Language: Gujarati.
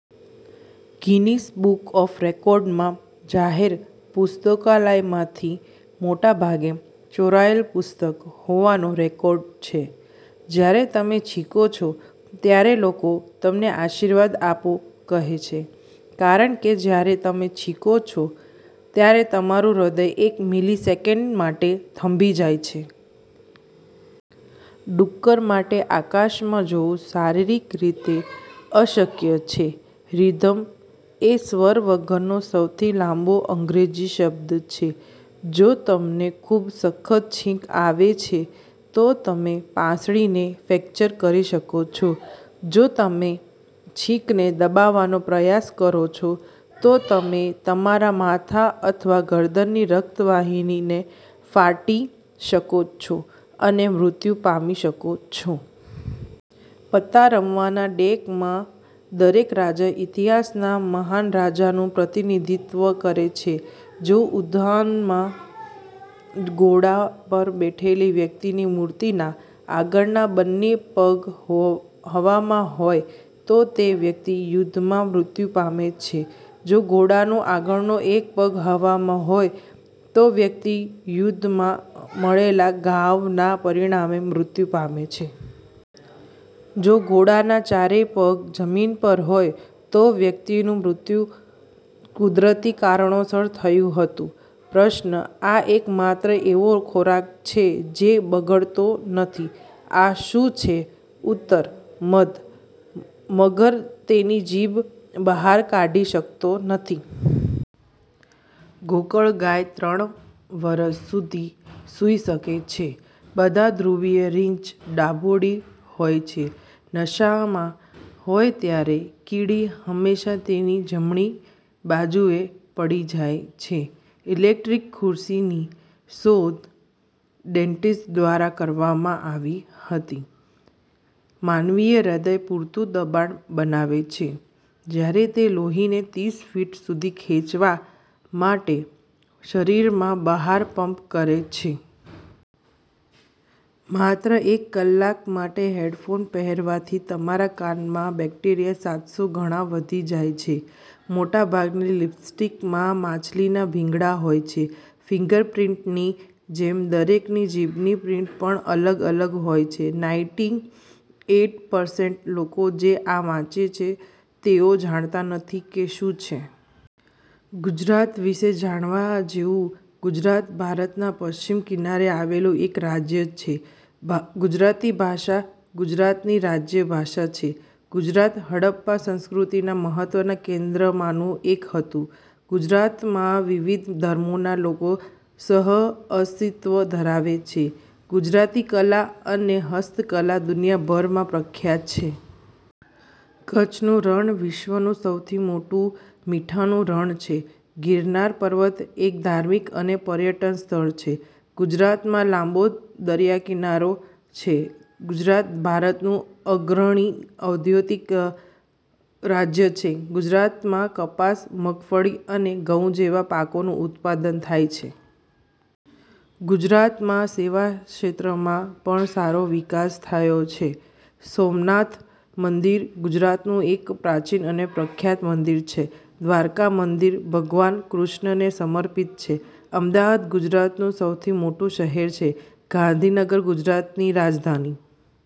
ગીનીસ બુક ઓફ રેકોર્ડમાં જાહેર પુસ્તકાલયમાંથી મોટાભાગે ચોરાયેલ પુસ્તક હોવાનો રેકોર્ડ છે. જ્યારે તમે છીંકો છો ત્યારે લોકો "તમને આશીર્વાદ આપો" કહે છે કારણ કે જ્યારે તમે છીંકો છો, ત્યારે તમારું હૃદય એક મિલિસેકન્ડ માટે થંભી જાય છે. ડુક્કર માટે આકાશમાં જોવું શારીરિક રીતે અશક્ય છે "રિધમ" એ સ્વર વગરનો સૌથી લાંબો અંગ્રેજી શબ્દ છે. જો તમને ખૂબ સખત છીંક આવે છે, તો તમે પાંસળીને ફ્રેક્ચર કરી શકો છો. જો તમે છીંકને દબાવવાનો પ્રયાસ કરો છો, તો તમે તમારા માથા અથવા ગરદનની રક્તવાહિનીને ફાટી શકો છો અને મૃત્યુ પામી શકો છો. પત્તા રમવાના ડેકમાં દરેક રાજા ઇતિહાસના મહાન રાજાનું પ્રતિનિધિત્વ કરે છે. જો ઉદ્યાનમાં ઘોડા પર બેઠેલી વ્યક્તિની મૂર્તિના આગળના બંને પગ હો હવામાં હોય, તો તે વ્યક્તિ યુદ્ધમાં મૃત્યુ પામે છે. જો ઘોડાનો આગળનો એક પગ હવામાં હોય, તો વ્યક્તિ યુદ્ધમાં મળેલા ઘાવના પરિણામે મૃત્યુ પામે છે. જો ઘોડાના ચારેય પગ જમીન પર હોય, તો વ્યક્તિનું મૃત્યુ કુદરતી કારણોસર થયું હતું. પ્રશ્ન – આ એકમાત્ર એવો ખોરાક છે જે બગડતો નથી. આ શું છે? ઉત્તર– મધ. મગર તેની જીભ બહાર કાઢી શકતો નથી. ગોકળગાય ત્રણ વર્ષ સુધી સૂઈ શકે છે. બધા ધ્રુવીય રીંછ ડાબોડી હોય છે. નશામાં હોય ત્યારે કીડી હંમેશા તેની જમણી બાજુએ પડી જાય છે. ઇલેક્ટ્રિક ખુરશીની શોધ ડેન્ટિસ્ટ દ્વારા કરવામાં આવી હતી. માનવીય હૃદય પૂરતું દબાણ બનાવે છે, જ્યારે તે લોહીને તીસ ફીટ સુધી ખેંચવા માટે શરીરમાં બહાર પંપ કરે છે। માત્ર એક કલાક માટે હેડફોન પહેરવાથી તમારા કાનમાં બેક્ટેરિયા સાતસો ગણા વધી જાય છે. મોટાભાગની લિપસ્ટિકમાં માછલીના ભીંગડા હોય છે. ફિંગર પ્રિન્ટની જેમ દરેકની જીભની પ્રિન્ટ પણ અલગ અલગ હોય છે. નાઇનટી એઇટ પરસેન્ટ લોકો જે આ વાંચે છે, તેઓ જાણતા નથી કે શું છે. ગુજરાત વિશે જાણવા જેવું. ગુજરાત ભારતના પશ્ચિમ કિનારે આવેલું એક રાજ્ય છે. ભા ગુજરાતી ભાષા ગુજરાતની રાજ્ય ભાષા છે. ગુજરાત હડપ્પા સંસ્કૃતિના મહત્વના કેન્દ્રોમાંનું એક હતું. ગુજરાતમાં વિવિધ ધર્મોના લોકો સહઅસ્તિત્વ ધરાવે છે. ગુજરાતી કલા અને હસ્તકલા દુનિયાભરમાં પ્રખ્યાત છે. કચ્છનું રણ વિશ્વનું સૌથી મોટું મીઠાનું રણ છે. ગીરનાર પર્વત એક ધાર્મિક અને પર્યટન સ્થળ છે. ગુજરાતમાં લાંબો દરિયાકિનારો છે. ગુજરાત ભારતનું અગ્રણી ઔદ્યોગિક અ રાજ્ય છે. ગુજરાતમાં કપાસ, મગફળી અને ઘઉં જેવા પાકોનું ઉત્પાદન થાય છે. ગુજરાતમાં સેવા ક્ષેત્રમાં પણ સારો વિકાસ થયો છે. સોમનાથ મંદિર ગુજરાતનું એક પ્રાચીન અને પ્રખ્યાત મંદિર છે. દ્વારકા મંદિર ભગવાન કૃષ્ણને સમર્પિત છે. અમદાવાદ ગુજરાતનું સૌથી મોટું શહેર છે. ગાંધીનગર ગુજરાતની રાજધાની